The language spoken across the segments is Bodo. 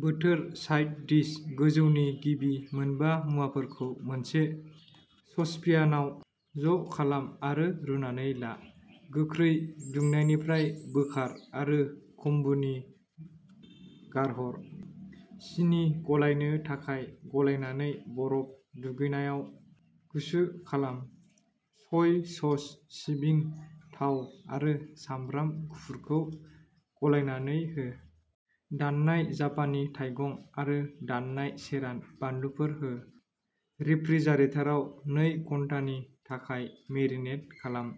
बोथोर साइड डिश, गोजौनि गिबि मोनबा मुवाफोरखौ मोनसे ससप्यानाव ज' खालाम आरो रुनानै ला। गोख्रै दुंनायनिफ्राय बोखार आरो क'म्बुनि गारहर। सिनि गलायनो थाखाय गलायनानै बरफ दुगैनायाव गुसु खालाम। सय सस सिबिं थाव आरो सामब्राम गुफुरखौ गलायनानै हो। दाननाय जापानी थाइगं आरो दाननाय सेरान' बानलुफोर हो। रेफ्रिजारेटाराव नै घन्टानि थाखाय मेरिनेट खालाम।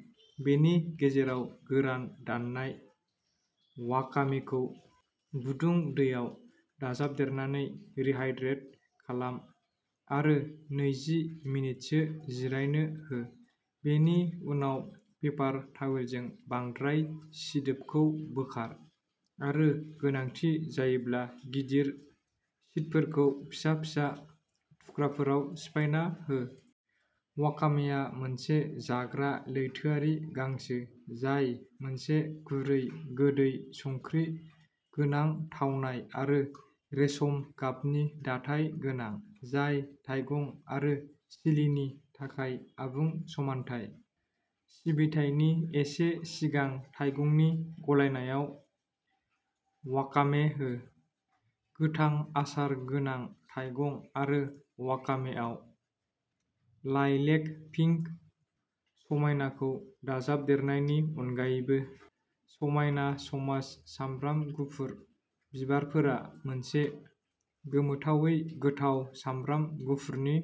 बेनि गेजेराव गोरान दाननाय वाकामेखौ गुदुं दैयाव दाजाबदेरनानै रिहाइड्रेट खालाम आरो नैजि मिनिटसो जिरायनो हो। बेनि उनाव पेपार तावेलजों बांद्राय सिदोबखौ बोखार आरो गोनांथि जायोब्ला गिदिर शीटफोरखौ फिसा फिसा थुख्राफोराव सिफायना हो। वाकामेआ मोनसे जाग्रा लैथोआरि गांसो, जाय मोनसे गुरै गोदै संख्रि गोनां थावनाय आरो रेसम गाबनि दाथाय गोनां, जाय थाइगं आरो चिलिनि थाखाय आबुं समानथाय। सिबिथायनि एसे सिगां थाइगंनि गलायनायाव वाकामे हो। गोथां आसार गोनां थाइगं आरो वाकामेआव लाइलेक पिंक समायनाखौ दाजाबदेरनायनि अनगायैबो, समायना समाज सामब्राम गुफुर बिबारफोरा मोनसे गोमोथावै गोथाव सामब्राम गुफुरनि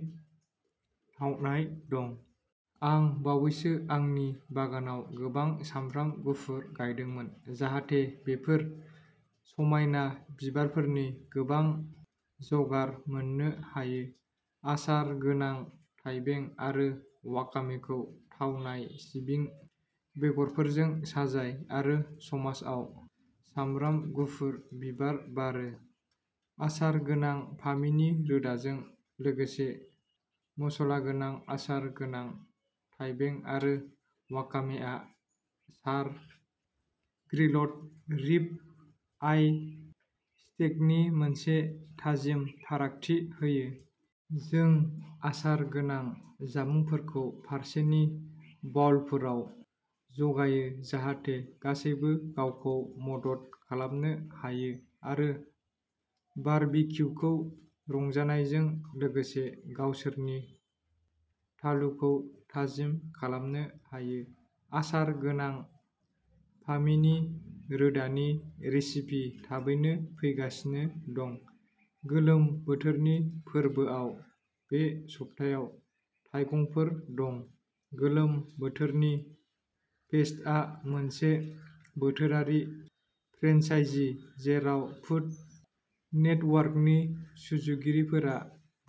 थावनाय दं। आं बावैसो आंनि बागानाव गोबां सामब्राम गुफुर गायदोंमोन जाहाथे बेफोर समायना बिबारफोरनि गोबां जगार मोननो हायो। आसार गोनां थाइबें आरो वाकामेखौ थावनाय सिबिं बेगरफोरजों साजाय आरो समाजआव सामब्राम गुफुर बिबार बारो। आसार गोनां फामिनि रोदाजों लोगोसे, मसलागोनां आसार गोनां थाइबें आरो वाकामेआ चार ग्रिल्ड रिब आइ स्टेकनि मोनसे थाजिम फारागथि होयो। जों आसार गोनां जामुंफोरखौ फारसेनि बाउलफोराव जगायो जाहाथे गासैबो गावखौ मदद खालामनो हायो आरो बारबिक्युखौ रंजानायजों लोगोसे गावसोरनि थालुखौ थाजिम खालामनो हायो। आसार गोनां फामिनि रोदानि रेसिपि थाबैनो फैगासिनो दं। गोलोम बोथोरनि फोरबोआव बे सप्तायाव थाइगंफोर दं गोलोम बोथोरनि फेस्टआ मोनसे बोथोरारि फ्रेन्चाइजी जेराव फुद नेटवर्कनि सुजुगिरिफोरा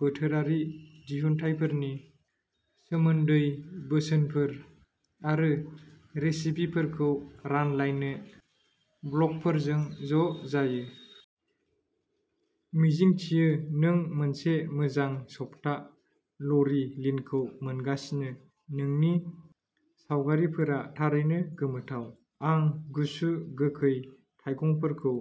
बोथोरारि दिहुनथायफोरनि सोमोन्दै बोसोनफोर आरो रेसिपिफोरखौ रानलायनो ब्लगफोरजों ज' जायो। मिजिंथियो नों मोनसे मोजां सप्ता ल'रि लिनखौ मोनगासिनो नोंनि सावगारिफोरा थारैनो गोमोथाव। आं गुसु गोखै थाइगंफोरखौ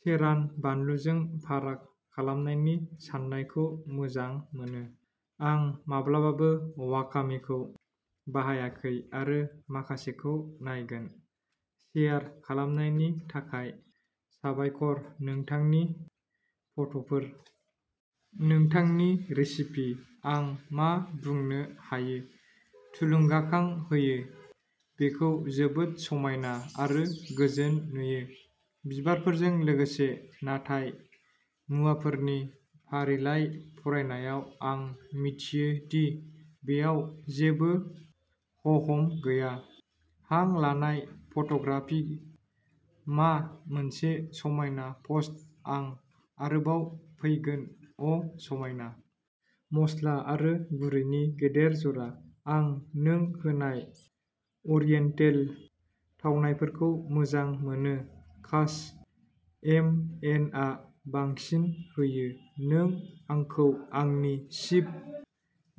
सेरान'बानलुजों फाराग खालामनायनि साननायखौ मोजां मोनो। आं माब्लाबाबो वाकामेखौ बाहायाखै आरो माखासेखौ नायगोन। शेयार खालामनायनि थाखाय साबायखर नोंथांनि फट'फोर। नोंथांनि रेसिपि। आं मा बुंनो हायो? थुलुंगाखां होयो बेखौ जोबोद समायना आरो गोजोन नुयो, बिबारफोरजों लोगोसे, नाथाय मुवाफोरनि फारिलाइ फरायनायाव आं मिथियो दि बेयाव जेबो ह' हम गैया। हां लानाय फट'ग्राफि मा मोनसे समायना पस्ट आं आरोबाव फैगोन'अ समायना। मस्ला आरो गुरैनि गेदेर जरा। आं नों होनाय अरियेन्टेल थावनायफोरखौ मोजां मोनो काश एमएनआ बांसिन होयो नों आंखौ आंनि चिभ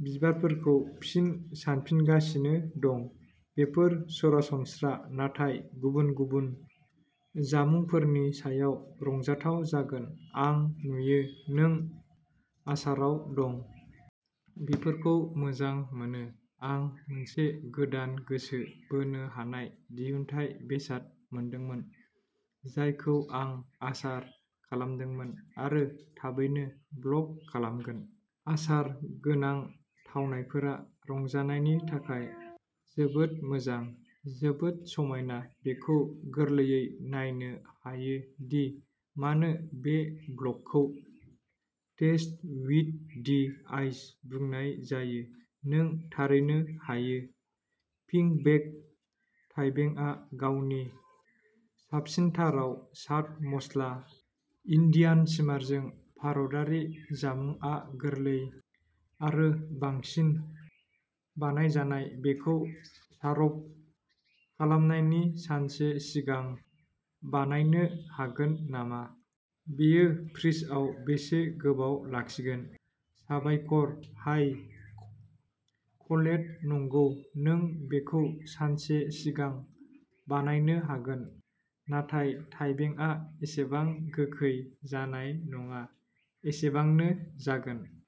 बिबारफोरखौ फिन सानफिनगासिनो दं बेफोर सरासनस्रा नाथाय गुबुन गुबुन जामुंफोरनि सायाव रंजाथाव जागोन आं नुयो नों आसाराव दं। बेफोरखौ मोजां मोनो। आं मोनसे गोदान गोसो बोनो हानाय दिहुनथाय बेसाद मोनदोंमोन जायखौ आं आचार खालामदोंमोन आरो थाबैनो ब्लग खालामगोन। आचार गोनां थावनायफोरा रंजानायनि थाखाय जोबोद मोजां। जोबोद समायना बेखौ गोरलैयै नायनो हायो दि मानो बे ब्लगखौ टेस्ट विद दि आइज बुंनाय जायो नों थारैनो हायो पिंबेक थाइबेंआ गावनि साबसिनथाराव चाट मस्ला इन्डियानसिमारजों भारतारि जामुंआ गोरलै आरो बांसिन बानायजानाय बेखौ सारभ खालामनायनि सानसे सिगां बानायनो हागोन नामा? बेयो फ्रिजआव बेसे गोबाव लाखिगोन? साबायखर हाय कलेट नंगौ नों बेखौ सानसे सिगां बानायनो हागोन, नाथाय थाइबेंआ एसेबां गोखै जानाय नङा, एसेबांनो जागोन।